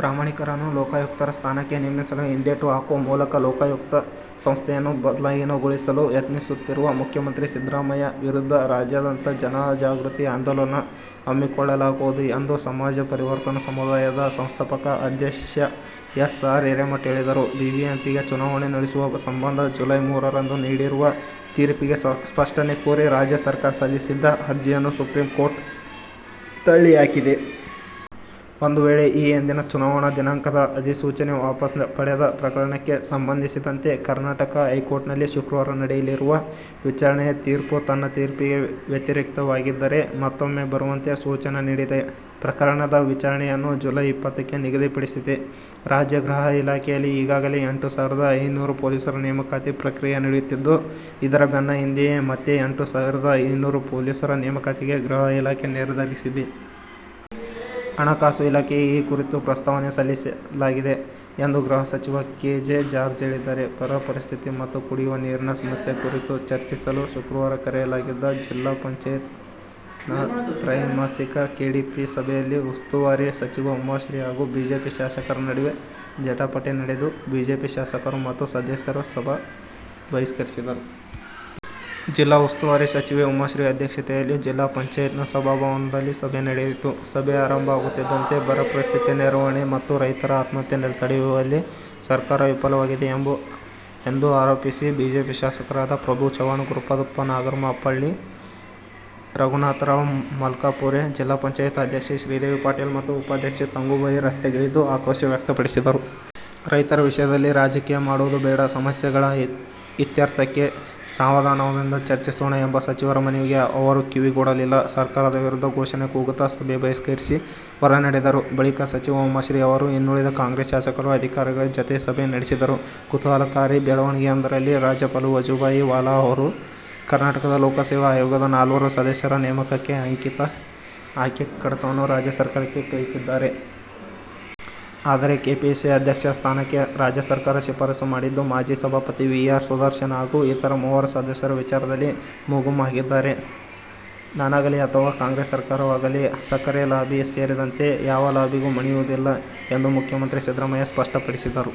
ಪ್ರಾಮಾಣಿಕರನ್ನು ಲೋಕಾಯುಕ್ತರ ಸ್ಥಾನಕ್ಕೆ ನೇಮಿಸಲು ಹಿಂದೇಟು ಹಾಕುವ ಮೂಲಕ ಲೋಕಾಯುಕ್ತ ಸಂಸ್ಥೆಯನ್ನು ಬಲಹೀನಗೊಳಿಸಲು ಯತ್ನಿಸುತ್ತಿರುವ ಮುಖ್ಯಮಂತ್ರಿ ಸಿದ್ದರಾಮಯ್ಯ ವಿರುದ್ಧ ರಾಜ್ಯಾದ್ಯಂತ ಜನಜಾಗೃತಿ ಆಂದೋಲನ ಹಮ್ಮಿಕೊಳ್ಳಲಾಗುವುದು ಎಂದು ಸಮಾಜ ಪರಿವರ್ತನ ಸಮುದಾಯದ ಸಂಸ್ಥಾಪಕ ಅಧ್ಯಕ್ಷ ಎಸ್. ಆರ್. ಹಿರೇಮಠ ಹೇಳಿದರು. ಬಿಬಿಎಂಪಿಗೆ ಚುನಾವಣೆ ನಡೆಸುವ ಸಂಬಂಧ ಜುಲೈ ಮೂರರಂದು ನೀಡಿರುವ ತೀರ್ಪಿಗೆ ಸ್ಪಷ್ಟನೆ ಕೋರಿ ರಾಜ್ಯ ಸರ್ಕಾರ ಸಲ್ಲಿಸಿದ್ದ ಅರ್ಜಿಯನ್ನು ಸುಪ್ರೀಂಕೋರ್ಟ್ ತಳ್ಳಿಹಾಕಿದೆ. ಒಂದು ವೇಳೆ, ಈ ಹಿಂದಿನ ಚುನಾವಣಾ ದಿನಾಂಕದ ಅಧಿಸೂಚನೆ ವಾಪಸ್ ಪಡೆದ ಪ್ರಕರಣಕ್ಕೆ ಸಂಬಂಧಿಸಿದಂತೆ ಕರ್ನಾಟಕ ಹೈಕೋರ್ಟ್ನಲ್ಲಿ ಶುಕ್ರವಾರ ನಡೆಯಲಿರುವ ವಿಚಾರಣೆಯ ತೀರ್ಪು ತನ್ನ ತೀರ್ಪಿಗೆ ವ್ಯತಿರಿಕ್ತವಾಗಿದ್ದರೆ ಮತ್ತೂಮ್ಮೆ ಬರುವಂತೆ ಸೂಚನೆ ನೀಡಿದೆ. ಪ್ರಕರಣದ ವಿಚಾರಣೆಯನ್ನು ಜುಲೈ ಇಪ್ಪತ್ತಕ್ಕೆ ನಿಗದಿಪಡಿಸಿದೆ. ರಾಜ್ಯ ಗೃಹ ಇಲಾಖೆಯಲ್ಲಿ ಈಗಾಗಲೇ ಎಂಟು ಸಾವಿರದ ಐನೂರು ಪೊಲೀಸರ ನೇಮಕಾತಿ ಪ್ರಕ್ರಿಯೆ ನಡೆಯುತ್ತಿದ್ದು, ಇದರ ಬೆನ್ನ ಹಿಂದೆಯೇ ಮತ್ತೆ ಎಂಟು ಸಾವಿರದ ಐನೂರು ಪೊಲೀಸರ ನೇಮಕಾತಿಗೆ ಗೃಹ ಇಲಾಖೆ ನಿರ್ಧರಿಸಿದೆ. ಹಣಕಾಸು ಇಲಾಖೆಗೆ ಈ ಕುರಿತು ಪ್ರಸ್ತಾವನೆ ಸಲ್ಲಿಸಲಾಗಿದೆ ಎಂದು ಗೃಹ ಸಚಿವ ಕೆ. ಜೆ. ಜಾರ್ಜ್ ಹೇಳಿದ್ದಾರೆ. ಬರ ಪರಿಸ್ಥಿತಿ ಮತ್ತು ಕುಡಿಯುವ ನೀರಿನ ಸಮಸ್ಯೆ ಕುರಿತು ಚರ್ಚಿಸಲು ಶುಕ್ರವಾರ ಕರೆಯಲಾಗಿದ್ದ ಜಿಲ್ಲಾ ಪಂಚಾಯತ್ ನ ತ್ತೈಮಾಸಿಕ ಕೆಡಿಪಿ ಸಭೆಯಲ್ಲಿ ಉಸ್ತುವಾರಿ ಸಚಿವೆ ಉಮಾಶ್ರೀ ಹಾಗೂ ಬಿಜೆಪಿ ಶಾಸಕರ ನಡುವೆ ಜಟಾಪಟಿ ನಡೆದು, ಬಿಜೆಪಿ ಶಾಸಕರು ಮತ್ತು ಸದಸ್ಯರು ಸಭೆ ಬಹಿಷ್ಕರಿಸಿದರು. ಜಿಲ್ಲಾ ಉಸ್ತುವಾರಿ ಸಚಿವೆ ಉಮಾಶ್ರೀ ಅಧ್ಯಕ್ಷತೆಯಲ್ಲಿ ಜಿಲ್ಲಾ ಪಂಚಯತ್ ನ ಸಭಾಭವನದಲ್ಲಿ ಸಭೆ ನಡೆಯಿತು. ಸಭೆ ಆರಂಭವಾಗುತ್ತಿದ್ದಂತೆ ಬರ ಪರಿಸ್ಥಿತಿ ನಿರ್ವಹಣೆ ಮತ್ತು ರೈತರ ಆತ್ಮಹತ್ಯೆ ತಡೆಯುವಲ್ಲಿ ಸರ್ಕಾರ ವಿಫಲವಾಗಿದೆ ಎಂದು ಆರೋಪಿಸಿ ಬಿಜೆಪಿ ಶಾಸಕರಾದ ಪ್ರಭು ಚವ್ಹಾಣ, ಗುರುಪಾದಪ್ಪ ನಾಗಮಾರಪಳ್ಳಿ, ರಘುನಾಥರಾವ್ ಮಲ್ಕಾಪುರೆ, ಜಿಲ್ಲಾ ಪಂಚಾಯತ್ ಅಧ್ಯಕ್ಷೆ ಶ್ರೀದೇವಿ ಪಾಟೀಲ ಮತ್ತು ಉಪಾಧ್ಯಕ್ಷೆ ತಂಗುಬಾಯಿ ರಸ್ತೆಗಿಳಿದು ಆಕ್ರೋಶ ವ್ಯಕ್ತಪಡಿಸಿದರು. ರೈತರ ವಿಷಯದಲ್ಲಿ ರಾಜಕೀಯ ಮಾಡುವುದು ಬೇಡ, ಸಮಸ್ಯೆಗಳ ಇತ್ಯರ್ಥಕ್ಕೆ ಸಾವಧಾನದಿಂದ ಚರ್ಚಿಸೋಣ ಎಂಬ ಸಚಿವರ ಮನವಿಗೆ ಅವರು ಕಿವಿಗೊಡಲಿಲ್ಲ. ಸರ್ಕಾರದ ವಿರುದ್ಧ ಘೋಷಣೆ ಕೂಗುತ್ತಾ, ಸಭೆ ಬಹಿಷ್ಕರಿಸಿ, ಹೊರನಡೆದರು. ಬಳಿಕ, ಸಚಿವೆ ಉಮಾಶ್ರೀ ಅವರು, ಇನ್ನುಳಿದ ಕಾಂಗ್ರೆಸ್ ಶಾಸಕರು, ಅಧಿಧಿಕಾರಿಗಳ ಜತೆ ಸಭೆ ನಡೆಸಿದರು. ಕುತೂಹಲಕಾರಿ ಬೆಳವಣಿಗೆಯೋಂದರಲ್ಲಿ ರಾಜ್ಯಪಾಲ ವಜುಭಾಯಿ ವಾಲಾ ಅವರು ಕರ್ನಾಟಕ ಲೋಕಸೇವಾ ಆಯೋಗದ ನಾಲ್ವರು ಸದಸ್ಯರ ನೇಮಕಕ್ಕೆ ಅಂಕಿತ ಹಾಕಿ ಕಡತವನ್ನು ರಾಜ್ಯ ಸರ್ಕಾರಕ್ಕೆ ಕಳುಹಿಸಿದ್ದಾರೆ. ಆದರೆ, ಕೆಪಿಎಸ್ಸಿ ಅಧ್ಯಕ್ಷ ಸ್ಥಾನಕ್ಕೆ ರಾಜ್ಯ ಸರ್ಕಾರ ಶಿಫಾರಸು ಮಾಡಿದ್ದ ಮಾಜಿ ಸಭಾಪತಿ ವಿ. ಆರ್. ಸುದರ್ಶನ್ ಹಾಗೂ ಇತರ ಮೂವರು ಸದಸ್ಯರ ವಿಚಾರದಲ್ಲಿ ಮುಗುಂ ಆಗಿದ್ದಾರೆ. ನಾನಾಗಲಿ ಅಥವಾ ಕಾಂಗ್ರೆಸ್ ಸರ್ಕಾರವಾಗಲಿ ಸಕ್ಕರೆ ಲಾಬಿ ಸೇರಿದಂತೆ ಯಾವ ಲಾಬಿಗೂ ಮಣಿಯುವುದಿಲ್ಲ ಎಂದು ಮುಖ್ಯಮಂತ್ರಿ ಸಿದ್ದರಾಮಯ್ಯ ಸ್ಪಷ್ಟಪಡಿಸಿದರು.